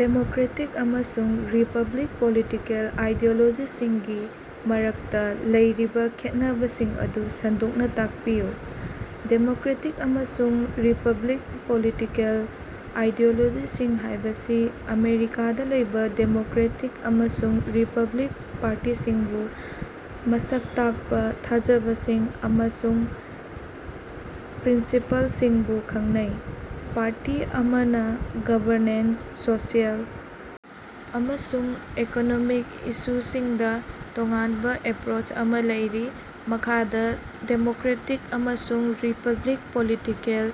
Democratic ꯑꯃꯁꯨꯡ republic political ꯑꯥꯏꯗꯤꯑꯣꯂꯣꯖꯤꯁꯤꯡꯒꯤ ꯃꯔꯛꯇꯥ ꯂꯩꯔꯤꯕꯥ ꯈꯦꯠꯅꯕꯁꯤꯡ ꯑꯗꯨ ꯁꯟꯗꯣꯛꯅꯥ ꯇꯥꯛꯄꯤꯌꯨ꯫ ꯗꯦꯃꯣꯀꯔꯦꯇꯤꯛ ꯑꯃꯁꯨꯡ ꯔꯤꯄꯕ꯭ꯂꯤꯛ ꯄꯣꯂꯤꯇꯤꯀꯦꯜ ꯑꯥꯏꯗꯤꯑꯣꯂꯣꯖꯤ ꯍꯥꯏꯕꯁꯤ ꯑꯃꯦꯔꯤꯀꯥꯗꯥ ꯂꯩꯕꯥ ꯗꯦꯃꯣꯀꯔꯦꯇꯤꯛ ꯑꯃꯁꯨꯡ ꯔꯤꯄꯕ꯭ꯂꯤꯛ ꯄꯥꯔꯇꯤꯁꯤꯡꯕꯨ ꯃꯁꯛ ꯇꯥꯛꯄꯥ ꯊꯥꯖꯕꯁꯤꯡ ꯑꯃꯁꯨꯡ ꯄ꯭ꯔꯤꯟꯁꯤꯄꯥꯜꯁꯤꯡꯕꯨ ꯈꯪꯅꯩ꯫ ꯄꯥꯔꯇꯤ ꯑꯅꯤꯃꯛꯅꯥ ꯒꯕꯔꯅꯥꯟꯁ, ꯁꯣꯁꯤꯑꯦꯜ, ꯑꯃꯁꯨꯡ ꯏꯀꯣꯅꯣꯃꯤꯛ ꯏꯁꯨꯁꯤꯡꯗꯥ ꯇꯣꯉꯥꯟꯕꯥ ꯑꯦꯞꯄꯔꯣꯆ ꯑꯃꯥ ꯂꯩꯔꯤ꯫ ꯃꯈꯥꯗꯥ ꯗꯦꯃꯣꯀꯔꯦꯇꯤꯛ ꯑꯃꯁꯨꯡ ꯔꯤꯄꯕ꯭ꯂꯤꯛ ꯄꯣꯂꯤꯇꯤꯀꯦꯜ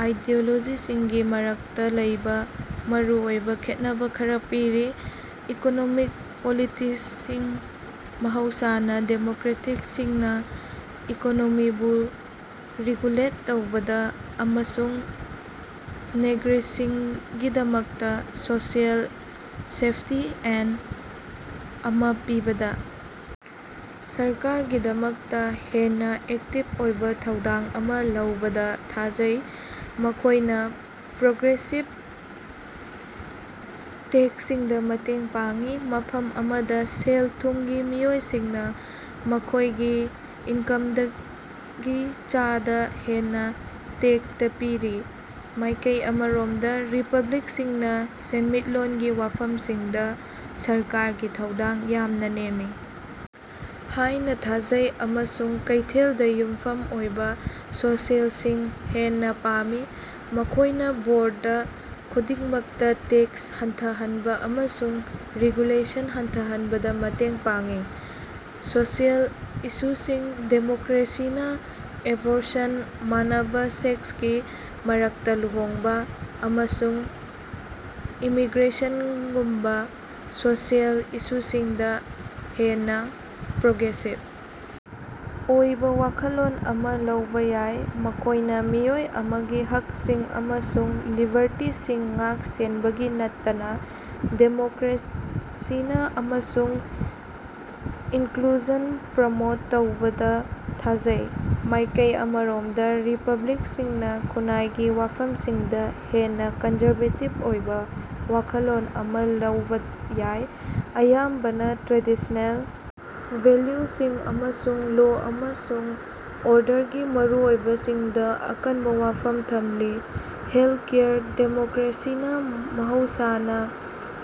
ꯑꯥꯏꯗꯤꯑꯣꯂꯣꯖꯤꯁꯤꯡꯒꯤ ꯃꯔꯛꯇꯥ ꯂꯩꯕꯥ ꯃꯔꯨꯑꯣꯏꯕꯥ ꯈꯦꯠꯅꯕꯥ ꯈꯔꯥ ꯄꯤꯔꯤ: ꯏꯀꯣꯅꯣꯃꯤꯛ ꯄꯣꯂꯤꯁꯤꯁꯤꯡ: ꯃꯍꯧꯁꯥꯅꯥ ꯗꯦꯃꯣꯀꯔꯦꯠꯁꯤꯡꯅꯥ ꯏꯀꯣꯅꯣꯃꯤꯕꯨ ꯔꯤꯒꯨꯂꯦꯠ ꯇꯧꯕꯗꯥ ꯑꯃꯁꯨꯡ ꯅꯥꯒꯔꯤꯛꯁꯤꯡꯒꯤꯗꯃꯛꯇꯥ ꯁꯣꯁꯤꯑꯦꯜ ꯁꯦꯐꯇꯤ ꯅꯦꯠ ꯑꯃꯥ ꯄꯤꯕꯗꯥ ꯁꯔꯀꯥꯔꯒꯤꯗꯃꯛꯇꯥ ꯍꯦꯟꯅꯥ ꯑꯦꯛꯇꯤꯕ ꯑꯣꯏꯕꯥ ꯊꯧꯗꯥꯡ ꯑꯃꯥ ꯂꯧꯕꯗꯥ ꯊꯥꯖꯩ꯫ ꯃꯈꯣꯏꯅꯥ ꯄ꯭ꯔꯣꯒ꯭ꯔꯦꯁꯤꯚ ꯇꯦꯛꯁꯁꯤꯡꯗꯥ ꯃꯇꯦꯡ ꯄꯥꯡꯏ, ꯃꯐꯝ ꯑꯗꯨꯗꯥ ꯁꯦꯜ ꯊꯨꯝꯒꯤ ꯃꯤꯑꯣꯏꯁꯤꯡꯅꯥ ꯃꯈꯣꯏꯒꯤ ꯏꯟꯀꯝꯒꯤ ꯆꯥꯗꯥ ꯍꯦꯟꯅꯥ ꯇꯦꯛꯁꯇꯥ ꯄꯤꯔꯤ꯫ ꯃꯥꯏꯀꯩ ꯑꯃꯔꯣꯝꯗꯥ ꯔꯤꯄꯕ꯭ꯂꯤꯛꯁꯤꯡꯅꯥ ꯁꯦꯟꯃꯤꯠꯂꯣꯟꯒꯤ ꯋꯥꯐꯝꯁꯤꯡꯗꯥ ꯁꯔꯀꯥꯔꯒꯤ ꯊꯧꯗꯥꯡ ꯌꯥꯝꯅꯥ ꯅꯦꯝꯃꯤ ꯍꯥꯏꯅꯥ ꯊꯥꯖꯩ ꯑꯃꯁꯨꯡ ꯀꯩꯊꯦꯜꯗꯥ ꯌꯨꯝꯐꯝ ꯑꯣꯏꯕꯥ ꯁꯣꯂꯨꯁꯟꯁꯤꯡ ꯍꯦꯟꯅꯥ ꯄꯥꯝꯃꯤ꯫ ꯃꯈꯣꯏꯅꯥ ꯕꯣꯔꯗ ꯈꯨꯗꯤꯡꯃꯛꯇꯥ ꯇꯦꯛꯁ ꯍꯟꯊꯍꯟꯕꯥ ꯑꯃꯁꯨꯡ ꯔꯦꯒꯨꯂꯦꯁꯟ ꯍꯟꯊꯍꯟꯕꯗꯥ ꯃꯇꯦꯡ ꯄꯥꯡꯏ꯫ ꯁꯣꯁꯤꯑꯦꯜ ꯏꯁꯨꯁꯤꯡ: ꯗꯦꯃꯣꯀ꯭ꯔꯦꯠꯁꯤꯡꯅꯥ ꯑꯦꯕꯣꯔꯁꯟ, ꯃꯥꯟꯅꯕꯥ ꯁꯦꯛꯁꯀꯤ ꯃꯔꯛꯇꯥ ꯂꯨꯍꯣꯡꯕꯥ, ꯑꯃꯁꯨꯡ ꯏꯃꯤꯒ꯭ꯔꯦꯁꯟꯉꯨꯝꯕꯥ ꯁꯣꯁꯤꯑꯦꯜ ꯏꯁꯨꯁꯤꯡꯗꯥ ꯍꯦꯟꯅꯥ ꯄ꯭ꯔꯣꯒ꯭ꯔꯦꯁꯤꯚ ꯑꯣꯏꯕꯥ ꯋꯥꯈꯜꯂꯣꯟ ꯑꯃꯥ ꯂꯧꯕꯥ ꯌꯥꯏ꯫ ꯃꯈꯣꯏꯅꯥ ꯃꯤꯑꯣꯏ ꯑꯃꯒꯤ ꯍꯛꯁꯤꯡ ꯑꯃꯁꯨꯡ ꯂꯤꯕꯔꯇꯤꯁꯤꯡ ꯉꯥꯛ-ꯁꯦꯟꯕꯒꯤ ꯅꯠꯇꯅꯥ ꯗꯥꯏꯕꯔꯁꯤꯇꯤ ꯑꯃꯁꯨꯡ ꯏꯟꯀꯂꯨꯖꯟ ꯄ꯭ꯔꯃꯣꯠ ꯇꯧꯕꯗꯥ ꯊꯥꯖꯩ꯫ ꯃꯥꯏꯀꯩ ꯑꯃꯔꯣꯝꯗꯥ ꯔꯤꯄꯕ꯭ꯂꯤꯛꯁꯤꯡꯅꯥ ꯈꯨꯟꯅꯥꯏꯒꯤ ꯋꯥꯐꯝꯁꯤꯡꯗꯥ ꯍꯦꯟꯅꯥ ꯀꯟꯖꯔꯕꯦꯇꯤꯕ ꯑꯣꯏꯕꯥ ꯋꯥꯈꯜꯂꯣꯟ ꯑꯃꯥ ꯂꯧꯕꯥ ꯌꯥꯏ, ꯑꯌꯥꯝꯕꯅꯥ ꯇ꯭ꯔꯦꯗꯤꯁ꯭ꯅꯦꯜ ꯚꯦꯜꯌꯨꯁꯤꯡ ꯑꯃꯁꯨꯡ ꯂꯣ ꯑꯃꯁꯨꯡ ꯑꯣꯔꯗꯔꯒꯤ ꯃꯔꯨꯑꯣꯏꯕꯁꯤꯡꯗꯥ ꯑꯀꯟꯕꯥ ꯋꯥꯐꯝ ꯊꯝꯂꯤ꯫ ꯍꯦꯜꯊꯀꯦꯌꯔ: ꯗꯦꯃꯣꯀꯔꯦꯠꯁꯤꯡꯅꯥ ꯃꯍꯧꯁꯥꯅꯥ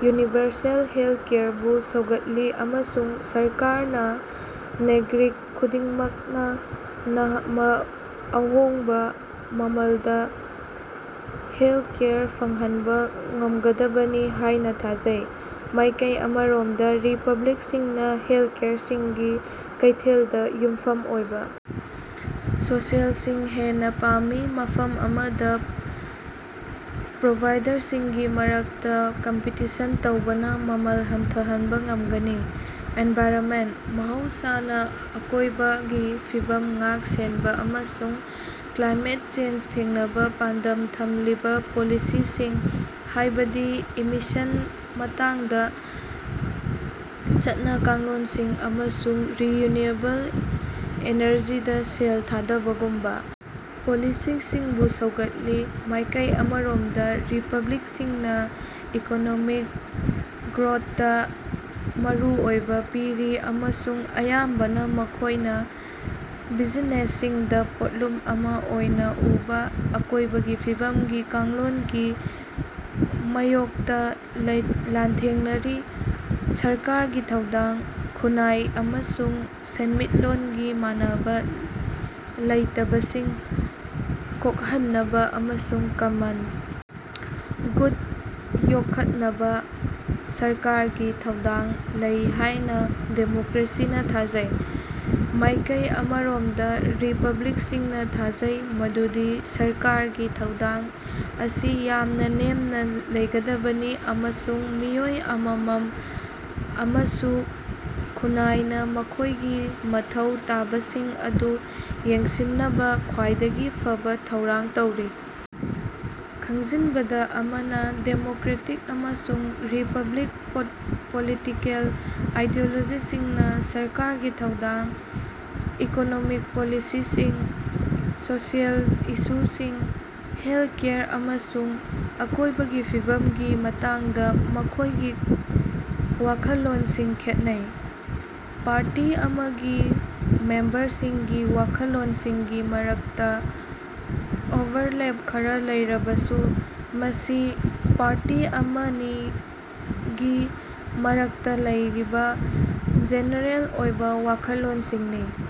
ꯌꯨꯅꯤꯚꯔꯁꯦꯜ ꯍꯦꯜꯊꯀꯦꯌꯔꯕꯨ ꯁꯧꯒꯠꯂꯤ ꯑꯃꯁꯨꯡ ꯁꯔꯀꯥꯔꯅꯥ ꯅꯥꯒꯔꯤꯛ ꯈꯨꯗꯤꯡꯃꯛꯅꯥ ꯑꯍꯣꯡꯕꯥ ꯃꯃꯜꯗꯥ ꯍꯦꯜꯊꯀꯦꯌꯔ ꯐꯪꯍꯟꯕꯥ ꯉꯝꯍꯟꯗꯕꯅꯤ ꯍꯥꯏꯅꯥ ꯊꯥꯖꯩ꯫ ꯃꯥꯏꯀꯩ ꯑꯃꯔꯣꯝꯗꯥ ꯔꯤꯄꯕ꯭ꯂꯤꯛꯁꯤꯡꯅꯥ ꯍꯦꯜꯊꯀꯦꯌꯔꯗꯒꯤ ꯀꯩꯊꯦꯜꯗꯥ ꯌꯨꯝꯐꯝ ꯑꯣꯏꯕꯥ ꯁꯣꯂꯨꯁꯟꯁꯤꯡ ꯍꯦꯟꯅꯥ ꯄꯥꯝꯃꯤ, ꯃꯐꯝ ꯑꯗꯨꯗꯥ ꯄ꯭ꯔꯣꯚꯥꯏꯗꯔꯁꯤꯡꯒꯤ ꯃꯔꯛꯇꯥ ꯀꯝꯄꯤꯇꯤꯁꯟ ꯇꯧꯕꯅꯥ ꯃꯃꯜ ꯍꯟꯊꯍꯟꯕꯥ ꯉꯝꯒꯅꯤ꯫ ꯑꯦꯟꯚꯥꯏꯔꯟꯃꯦꯟꯇ: ꯃꯍꯧꯁꯥꯅꯥ ꯑꯀꯣꯏꯕꯒꯤ ꯐꯤꯕꯝ ꯉꯥꯛ-ꯁꯦꯟꯕꯥ ꯑꯃꯁꯨꯡ ꯀ꯭ꯂꯥꯏꯃꯦꯠ ꯆꯦꯟꯖ ꯊꯦꯡꯅꯕꯥ ꯄꯥꯟꯗꯝ ꯊꯝꯂꯤꯕꯥ ꯄꯣꯂꯤꯁꯤꯁꯤꯡ, ꯍꯥꯏꯕꯗꯤ ꯏꯃꯤꯁꯁꯟ ꯃꯇꯥꯡꯗꯥ ꯆꯠꯅ-ꯀꯥꯡꯂꯣꯟꯁꯤꯡ ꯑꯃꯁꯨꯡ ꯔꯤꯅ꯭ꯌꯨꯑꯦꯕꯜ ꯏꯅꯔꯖꯤꯗꯥ ꯁꯦꯜ ꯊꯥꯗꯕꯒꯨꯝꯕꯥ ꯄꯣꯂꯤꯁꯤꯁꯤꯡꯕꯨ ꯁꯧꯒꯠꯂꯤ꯫ ꯃꯥꯏꯀꯩ ꯑꯃꯔꯣꯝꯗꯥ ꯔꯤꯄꯕ꯭ꯂꯤꯛꯁꯤꯡꯅꯥ ꯏꯀꯣꯅꯣꯃꯤꯛ ꯒ꯭ꯔꯣꯊꯇꯥ ꯃꯔꯨ ꯑꯣꯏꯕꯥ ꯄꯤꯔꯤ ꯑꯃꯁꯨꯡ ꯑꯌꯥꯝꯕꯅꯥ ꯃꯈꯣꯏꯅꯥ ꯕꯤꯖꯤꯅꯦꯁꯁꯤꯡꯗꯥ ꯄꯣꯠꯂꯨꯝ ꯑꯃꯥ ꯑꯣꯏꯅꯥ ꯎꯕꯥ ꯑꯀꯣꯏꯕꯒꯤ ꯐꯤꯕꯝꯒꯤ ꯀꯥꯡꯂꯣꯟꯁꯤꯡꯒꯤ ꯃꯥꯌꯣꯛꯇꯥ ꯂꯥꯟꯊꯦꯡꯅꯔꯤ꯫ ꯁꯔꯀꯥꯔꯒꯤ ꯊꯧꯗꯥꯡ: ꯈꯨꯟꯅꯥꯏꯒꯤ ꯑꯃꯁꯨꯡ ꯁꯦꯟꯃꯤꯠꯂꯣꯒꯤ ꯃꯥꯟꯅꯕꯥ ꯂꯩꯇꯕꯁꯤꯡ ꯀꯣꯛꯍꯟꯅꯕꯥ ꯑꯃꯁꯨꯡ ꯀꯃꯟ ꯒꯨꯗ ꯌꯣꯛꯈꯠꯅꯕꯥ ꯁꯔꯀꯥꯔꯒꯤ ꯊꯧꯗꯥꯡ ꯂꯩ ꯍꯥꯏꯅꯥ ꯗꯦꯃꯣꯀꯔꯦꯠꯁꯤꯡꯅꯥ ꯊꯥꯖꯩ꯫ ꯃꯥꯏꯀꯩ ꯑꯃꯔꯣꯝꯗꯥ ꯔꯤꯄꯕ꯭ꯂꯤꯛꯁꯤꯡꯅꯥ ꯊꯥꯖꯩ ꯃꯗꯨꯗꯤ ꯁꯔꯀꯥꯔꯒꯤ ꯊꯧꯗꯥꯡ ꯑꯁꯤ ꯌꯥꯝꯅꯥ ꯅꯦꯝꯅꯥ ꯂꯩꯒꯗꯕꯅꯤ, ꯑꯃꯁꯨꯡ ꯃꯤꯑꯣꯏ ꯑꯃꯃꯝ ꯑꯃꯁꯨꯡ ꯈꯨꯟꯅꯥꯏꯅꯥ ꯃꯈꯣꯏꯒꯤ ꯃꯊꯧ ꯇꯥꯕꯁꯤꯡ ꯑꯗꯨ ꯌꯦꯡꯁꯤꯟꯅꯕꯥ ꯈ꯭ꯋꯥꯏꯗꯒꯤ ꯐꯕꯥ ꯊꯧꯔꯥꯡ ꯇꯧꯔꯤ꯫ ꯈꯪꯖꯤꯟꯒꯗꯕꯥ ꯑꯃꯅꯥ, ꯗꯦꯃꯣꯀꯔꯦꯇꯤꯛ ꯑꯃꯁꯨꯡ ꯔꯤꯄꯕ꯭ꯂꯤꯛ ꯄꯣꯂꯤꯇꯤꯀꯦꯜ ꯑꯥꯏꯗꯤꯑꯣꯂꯣꯖꯤꯁꯤꯡꯅꯥ ꯁꯔꯀꯥꯔꯒꯤ ꯊꯧꯗꯥꯡ, ꯏꯀꯣꯅꯣꯃꯤꯛ ꯄꯣꯂꯤꯁꯤꯁꯤꯡ, ꯁꯣꯁꯤꯑꯦꯜ ꯏꯁꯨꯁꯤꯡ, ꯍꯦꯜꯊꯀꯦꯌꯔ, ꯑꯃꯁꯨꯡ ꯑꯀꯣꯏꯕꯒꯤ ꯐꯤꯕꯝꯒꯤ ꯃꯇꯥꯡꯗꯥ ꯃꯈꯣꯏꯒꯤ ꯋꯥꯈꯜꯂꯣꯟꯁꯤꯡ ꯈꯦꯠꯅꯩ꯫ ꯄꯥꯔꯇꯤ ꯑꯃꯃꯝꯒꯤ ꯃꯦꯝꯕꯔꯁꯤꯡꯒꯤ ꯋꯥꯈꯜꯂꯣꯟꯁꯤꯡꯒꯤ ꯃꯔꯛꯇꯥ ꯑꯣꯚꯔꯂꯦꯞ ꯈꯔꯥ ꯂꯩꯔꯕꯁꯨ, ꯃꯁꯤ ꯄꯥꯔꯇꯤ ꯑꯅꯤꯒꯤ ꯃꯔꯛꯇꯥ ꯂꯩꯔꯤꯕꯥ ꯖꯦꯅꯔꯦꯜ ꯑꯣꯏꯕꯥ ꯈꯦꯠꯅꯕꯁꯤꯡꯅꯤ꯫